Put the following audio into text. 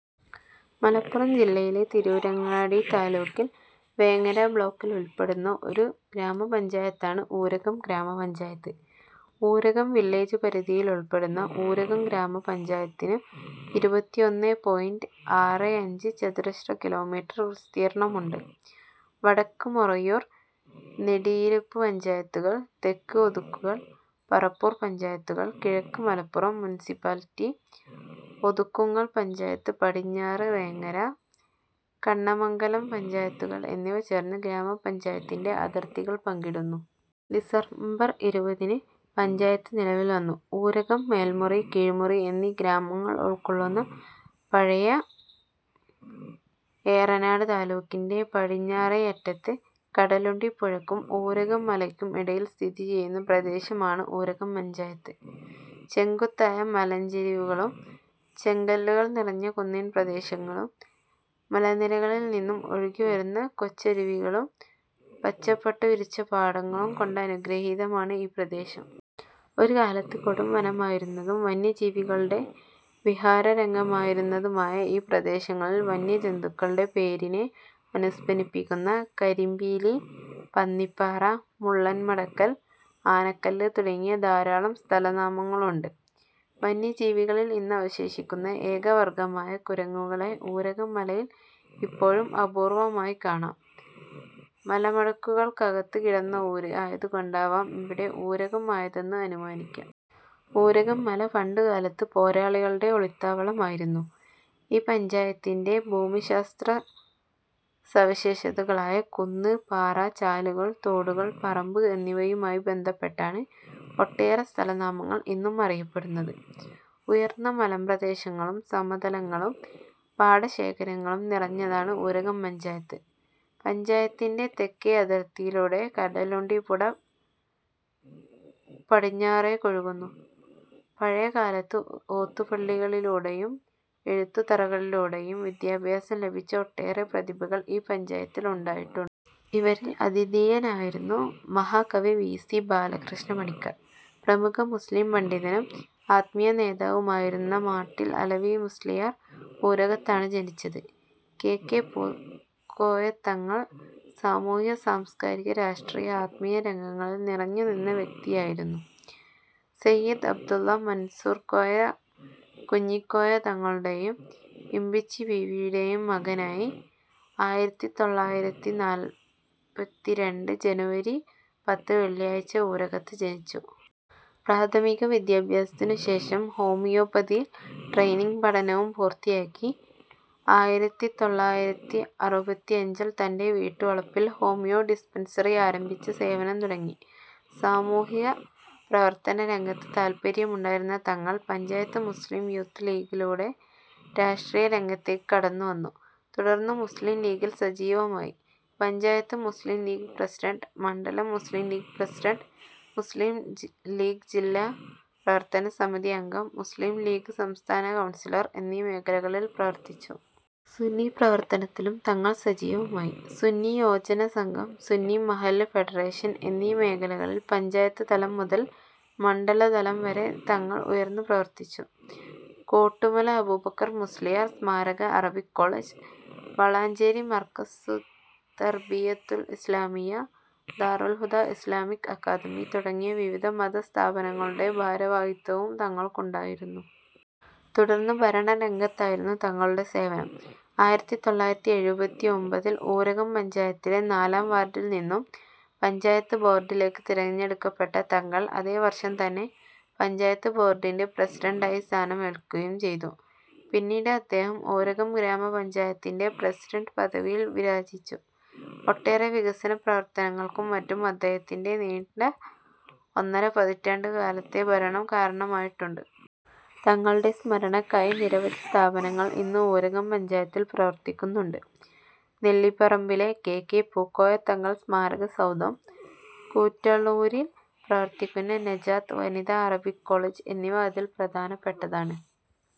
മലപ്പുറം ജില്ലയിലെ തിരൂരങ്ങാടി താലൂക്കിൽ വേങ്ങര ബ്ലോക്കിൽ ഉൾപ്പെടുന്ന ഒരു ഗ്രാമപഞ്ചായത്താണു ഊരകം ഗ്രാമപഞ്ചായത്ത്. ഊരകം വില്ലേജുപരിധിയിലുൾപ്പെടുന്ന ഊരകം ഗ്രാമപഞ്ചായത്തിനു ഇരുപത്തിഒന്നേ പോയിന്റ് ആറേ അഞ്ച് ചതുരശ്രകിലോമീറ്റർ വിസ്തീർണ്ണമുണ്ട്. വടക്ക് മൊറയൂർ, നെടിയിരുപ്പ് പഞ്ചായത്തുകൾ, തെക്ക് ഒതുക്കുങ്ങൾ, പറപ്പൂർ പഞ്ചായത്തുകൾ, കിഴക്ക് മലപ്പുറം മുനിസിപ്പാലിറ്റി, ഒതുക്കുങ്ങൾ പഞ്ചായത്ത് പടിഞ്ഞാറ് വേങ്ങര, കണ്ണമംഗലം പഞ്ചായത്തുകൾ എന്നിവ ചേർന്ന് ഗ്രാമ പഞ്ചായത്തിന്റെ അതിർത്തികൾ പങ്കിടുന്നു. ഡിസംബർ ഇരുപതിന് പഞ്ചായത്ത് നിലവിൽ വന്നു. ഊരകം, മേൽമുറി, കീഴ്മുറി എന്നീ ഗ്രാമങ്ങളുൾകൊള്ളുന്ന പഴയ ഏറനാട് താലൂക്കിന്റെ പടിഞ്ഞാറേയറ്റത്ത് കടലുണ്ടിപുഴയ്ക്കും ഊരകം മലയ്ക്കും ഇടയിൽ സ്ഥിതി ചെയ്യുന്ന പ്രദേശമാണ് ഊരകം പഞ്ചായത്ത്. ചെങ്കുത്തായ മലഞ്ചരിവുകളും, ചെങ്കല്ലുകൾ നിറഞ്ഞ കുന്നിൻപ്രദേശങ്ങളും, മലനിരകളിൽ നിന്നും ഒഴുകിവരുന്ന കൊച്ചരുവികളും, പച്ചപ്പട്ടു വിരിച്ച പാടങ്ങളും കൊണ്ടനുഗ്രഹീതമാണ് ഈ പ്രദേശം. ഒരുകാലത്ത് കൊടുംവനമായിരുന്നതും വന്യജീവികളുടെ വിഹാരരംഗമായിരുന്നതുമായ ഈ പ്രദേശങ്ങളിൽ വന്യജന്തുക്കളുടെ പേരിനെ അനുസ്മരിപ്പിക്കുന്ന കരിമ്പീലി, പന്നിപ്പാറ, മുള്ളൻ മടക്കൽ, ആനക്കല്ല് തുടങ്ങിയ ധാരാളം സ്ഥലനാമങ്ങളുണ്ട്. വന്യജീവികളിൽ ഇന്നവശേഷിക്കുന്ന ഏകവർഗ്ഗമായ കുരങ്ങുകളെ ഊരകം മലയിൽ ഇപ്പോഴും അപൂർവ്വമായി കാണാം. "മലമടക്കുകൾക്കകത്ത് കിടന്ന ഊര്" ആയതുകൊണ്ടാവാം ഇവിടം "ഊരകം" ആയതെന്ന് അനുമാനിക്കാം. ഊരകംമല പണ്ടുകാലത്ത് പോരാളികളുടെ ഒളിത്താവളമായിരുന്നു. ഈ പഞ്ചായത്തിന്റെ ഭൂമിശാസ്ത്രസവിശേഷതകളായ കുന്ന്, പാറ, ചാലുകൾ, തോടുകൾ, പറമ്പ് എന്നിവയുമായി ബന്ധപ്പെട്ടാണ് ഒട്ടേറെ സ്ഥലനാമങ്ങൾ ഇന്നും അറിയപ്പെടുന്നത്. ഉയർന്ന മലമ്പ്രദേശങ്ങളും, സമതലങ്ങളും, പാടശേഖരങ്ങളും നിറഞ്ഞതാണ് ഊരകം പഞ്ചായത്ത്. പഞ്ചായത്തിന്റെ തെക്കേയതിർത്തിയിലൂടെ കടലുണ്ടിപ്പുഴ പടിഞ്ഞാറേക്കൊഴുകുന്നു. പഴയ കാലത്ത് ഓത്തുപള്ളികളിലൂടെയും എഴുത്തുതറകളിലൂടെയും വിദ്യാഭ്യാസം ലഭിച്ച ഒട്ടേറെ പ്രതിഭകൾ ഈ പഞ്ചായത്തിൽ ഉണ്ടായിട്ടുണ്ട്. ഇവരിൽ അദ്വിതീയനായിരുന്നു മഹാകവി വി. സി. ബാലകൃഷ്ണപ്പണിക്കർ. പ്രമുഖ മുസ്ലീം പണ്ഡിതനും ആത്മീയനേതാവുമായിരുന്ന മാട്ടിൽ അലവി മുസ്ളിയാർ ഊരകത്താണ് ജനിച്ചത്. കെ. കെ. പൂകോയതങ്ങൾ സാമൂഹ്യ സാംസ്കാരിക രാഷ്ട്രീയ ആത്മീയ രംഗങ്ങളിൽ നിറഞ്ഞു നിന്ന വ്യക്തിയായിരുന്നു സയ്യിദ് അബ്ദുള്ള മൻസൂർക്കോയ കുഞ്ഞിക്കോയ തങ്ങളുടെയും ഇംബിച്ചിബീവിയുടെയും മകനായി ആയിരത്തിതൊള്ളായിരത്തിനാല്പത്തിരണ്ട്‍ ജനുവരി പത്ത് വെള്ളിയാഴ്ച ഊരകത്ത് ജനിച്ചു. പ്രാഥമിക വിദ്യഭ്യാസത്തിനുശേഷം ഹോമിയോ പതിയിൽ ട്രെയ്നിങ് പഠനവും പൂർത്തിയാക്കി. ആയിരത്തിത്തൊള്ളായിരത്തിഅറുപത്തിഅഞ്ചിൽ തന്റെ വീട്ടുവളപ്പിൽ ഹോമിയോ ഡിസ്പെൻസറി ആരംഭിച്ച് സേവനം തുടങ്ങി. സാമൂഹ്യപ്രവർത്തനരംഗത്ത് താൽപര്യമുണ്ടായിരുന്ന തങ്ങൾ പഞ്ചായത്ത് മുസ്ലിം യൂത്ത് ലീഗിലൂടെ രാഷ്ട്രീയ രംഗത്തേക്ക് കടന്നുവന്നു. തുടർന്ന് മുസ്ലിം ലീഗിൽ സജീവമായി. പഞ്ചായത്ത് മുസ്ലിം ലീഗ് പ്രസിഡണ്ട്, മണ്ഡലം മുസ്ലിം ലീഗ് പ്രസിഡണ്ട്, മുസ്ലിം ലീഗ് ജില്ലാ പ്രവർത്തക സമിതി അംഗം, മുസ്ലിം ലീഗ് സംസ്ഥാന കൗൺസിലർ എന്നീ മേഖലകളിൽ പ്രവർത്തിച്ചു. സുന്നി പ്രവർത്തനത്തിലും തങ്ങൾ സജീവമായി. സുന്നി യോജന സംഘം, സുന്നി മഹല്ല് ഫെഡറേഷൻ എന്നീ മേഖലകളിൽ പഞ്ചായത്ത് തലം മുതൽ മണ്ഡലം തലം വരെ തങ്ങൾ ഉയർന്ന് പ്രവർത്തിച്ചു. കോട്ടുമല അബൂബക്കർ മുസ്ലിയാർ സമാരക Arabic College, Valanchery Markazuttarbiyyathul Islamiyya, Darul Huda Islamic Academy തുടങ്ങി വിവിധ മതസ്ഥാപനങ്ങളുടെ ഭാരവാഹിത്വവും തങ്ങൾക്കുണ്ടായിരുന്നു. തുടർന്ന് ഭരണരംഗത്തായിരുന്നു തങ്ങളുടെ സേവനം. ആയിരത്തിതൊള്ളായിരത്തിഎഴുത്തിഒമ്പതിൽ ഊരകം പഞ്ചായത്തിലെ നാലാം വാർഡിൽ നിന്നും പഞ്ചായത്ത് ബോർഡിലേക്ക് തിരഞ്ഞെടുക്കപ്പെട്ട തങ്ങൾ അതേ വർഷം തന്നെ പഞ്ചായത്ത് ബോർഡിന്റെ പ്രസിഡണ്ടായി സ്ഥാനമേൽക്കുകയും ചെയ്തു. പിന്നീട് അദ്ദേഹം ഊരകം ഗ്രാമ പഞ്ചായത്തിന്റെ പ്രസിഡണ്ട് പദവിയിൽ വിരാജിച്ചു. ഒട്ടേറെ വികസന പ്രവർത്തനങ്ങൾക്കും മറ്റും അദ്ദേഹത്തിന്റെ നീണ്ട ഒന്നരപതിറ്റാണ്ടുകാലത്തെ ഭരണം കാരണമായിട്ടുണ്ട്. തങ്ങളുടെ സ്മരണക്കായി നിരവധി സ്ഥാപനങ്ങൾ ഇന്ന് ഊരകം പഞ്ചായത്തിൽ പ്രവർത്തിക്കുന്നുണ്ട്. നെല്ലിപ്പറമ്പിലെ കെ. കെ. പൂക്കോയ തങ്ങൾ സ്മാരക സൗധം, കുറ്റാളൂരിൽ പ്രവർത്തിക്കുന്ന നജാത്ത് വനിത അറബിക് കോളേജ് എന്നിവ അതിൽ പ്രധാനപ്പെട്ടതാണ്.